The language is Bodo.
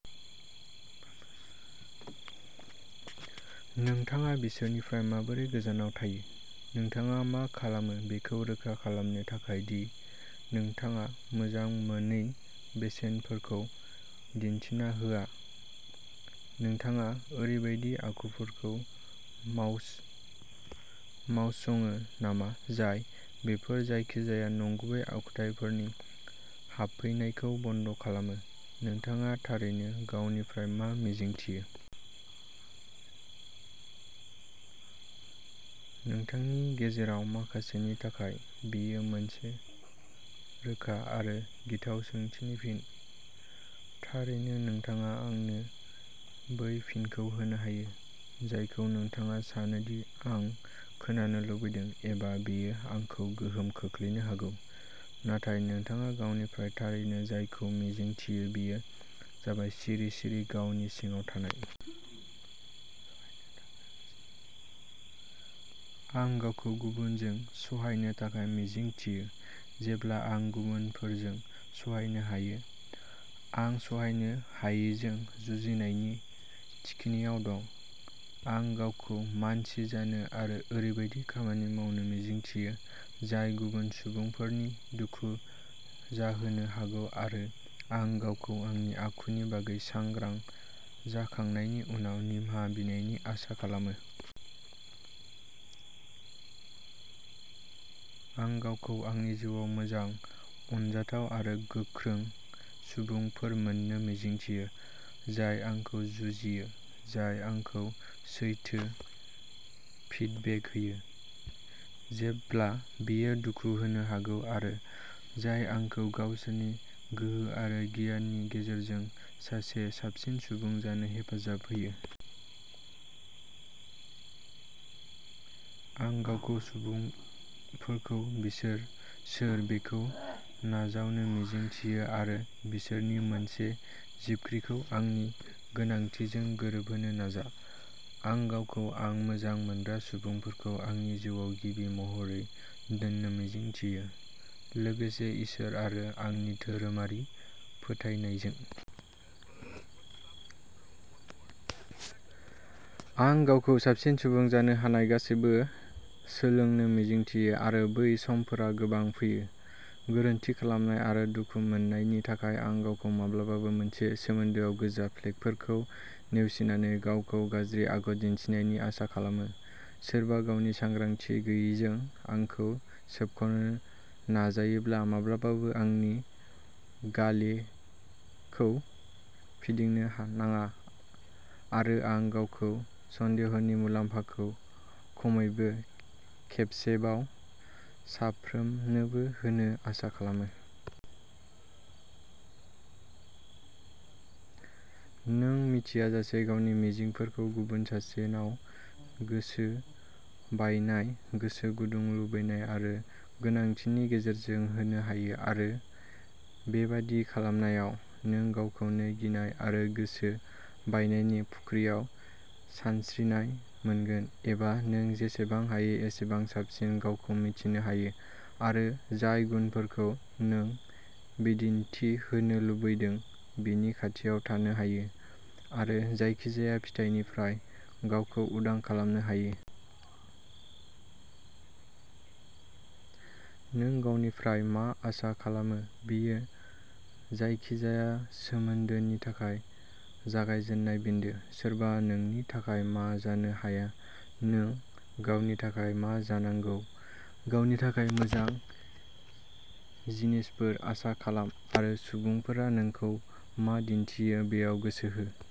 नोंथाङा बिसोरनिफ्राय माबोरै गोजानाव थायो? नोंथाङा मा खालामो बेखौ रोखा खालामनो थाखाय दि नोंथाङा मोजां मोनै बेसेनफोरखौ दिन्थिना होआ? नोंथाङा ओरैबायदि आखुफोरखौ मावसङो नामा जाय बेफोर जायखिजाया नंगुबै आखुथायफोरनि हाबफैनायखौ बन्द' खालामो? नोंथाङा थारैनो गावनिफ्राय मा मिजिंथियो? नोंथांनि गेजेराव माखासेनि थाखाय, बेयो मोनसे रोखा आरो गिथाव सोंथिनि फिन। थारैनो, नोंथाङा आंनो बै फिनखौ होनो हायो जायखौ नोंथाङा सानो दि आं खोनानो लुबैदों एबा बेयो आंखौ गोहोम खोख्लैनो हागौ, नाथाय नोंथाङा गावनिफ्राय थारैनो जायखौ मिजिंथियो बेयो जाबाय सिरि सिरि गावनि सिङाव थानाय। आं गावखौ गुबुनफोरजों सहायनो थाखाय मिजिंथियो जेब्ला आं गुबुनफोरजों सहायनो हायो। आं सहायनो हायैजों जुजिनायनि थिखिनियाव दं। आं गावखौ मानसि जानो आरो ओरैबायदि खामानि मावनो मिजिंथियो जाय गुबुन सुबुंफोरनि दुखु जाहोनो हागौ आरो आं गावखौ आंनि आखुनि बागै सांग्रां जाखांनायनि उनाव निमाहा बिनायनि आसा खालामो। आं गावखौ आंनि जिउआव मोजां, अनजाथाव आरो गोख्रों सुबुंफोर मोन्नो मिजिंथियो, जाय आंखौ जुजियो, जाय आंखौ सैथो फिडबेक होयो, जेब्ला बेयो दुखु होनो हागौ आरो जाय आंखौ गावसोरनि गोहो आरो गियाननि गेजेरजों सासे साबसिन सुबुं जानो हेफाजाब होयो। आं गावखौ सुबुंफोरखौ बिसोर सोर बेखौ नाजावनो मिजिंथियो आरो बिसोरनि मोनसे जिबख्रिखौ आंनि गोनांथिजों गोरोबहोनो नाजा। आं गावखौ आं मोजां मोनग्रा सुबुंफोरखौ आंनि जिउआव गिबि महरै दोननो मिजिंथियो, लोगोसे इसोर आरो आंनि धोरोमारि फोथायनायजों। आं गावखौ साबसिन सुबुं जानो हानाय गासैबो सोलोंनो मिजिंथियो आरो बै समफोरा गोबां फैयो। गोरोन्थि खालामनाय आरो दुखु मोन्नायनि थाखाय आं गावखौ माब्लाबाबो मोनसे सोमोन्दोआव गोजा फ्लेगफोरखौ नेवसिनानै गावखौ गाज्रि आखु दिन्थिनायनि आसा खालामो, सोरबा गावनि सांग्रांथि गैयैजों आंखौ सोबख'नो नाजायोब्ला माब्लाबाबो आंनि गालेखौ फिदिंनो नाङा आरो आं गावखौ सन्देहनि मुलाम्फाखौ खमैबो खेबसेबाव साफ्रोमनोबो होनो आसा खालामो। नों मिथियाजासे गावनि मिजिंफोरखौ गुबुन सासेनाव गोसो बायनाय, गोसो गुदुं, लुबैनाय आरो गोनांथिनि गेजेरजों होनो हायो आरो बेबादि खालामनायाव, नों गावखौनो गिनाय आरो गोसो बायनायनि फुख्रियाव सानस्रिनाय मोनगोन एबा नों जेसेबां हायो एसेबां साबसिन गावखौ मिन्थिनो हायो आरो जाय गुनफोरखौ नों बिदिन्थि होनो लुबैदों बिनि खाथियाव थानो हायो, आरो जायखिजाया फिथायनिफ्राय गावखौ उदां खालामनो हायो। नों गावनिफ्राय मा आसा खालामो बेयो जायखिजाया सोमोन्दोनि थाखाय जागायजेननाय बिन्दो। सोरबा नोंनि थाखाय मा जानो हाया नों गावनि थाखाय मा जानांगौ। गावनि थाखाय मोजां जिनिसफोर आसा खालाम आरो सुबुंफोरा नोंखौ मा दिन्थियो बेयाव गोसो हो।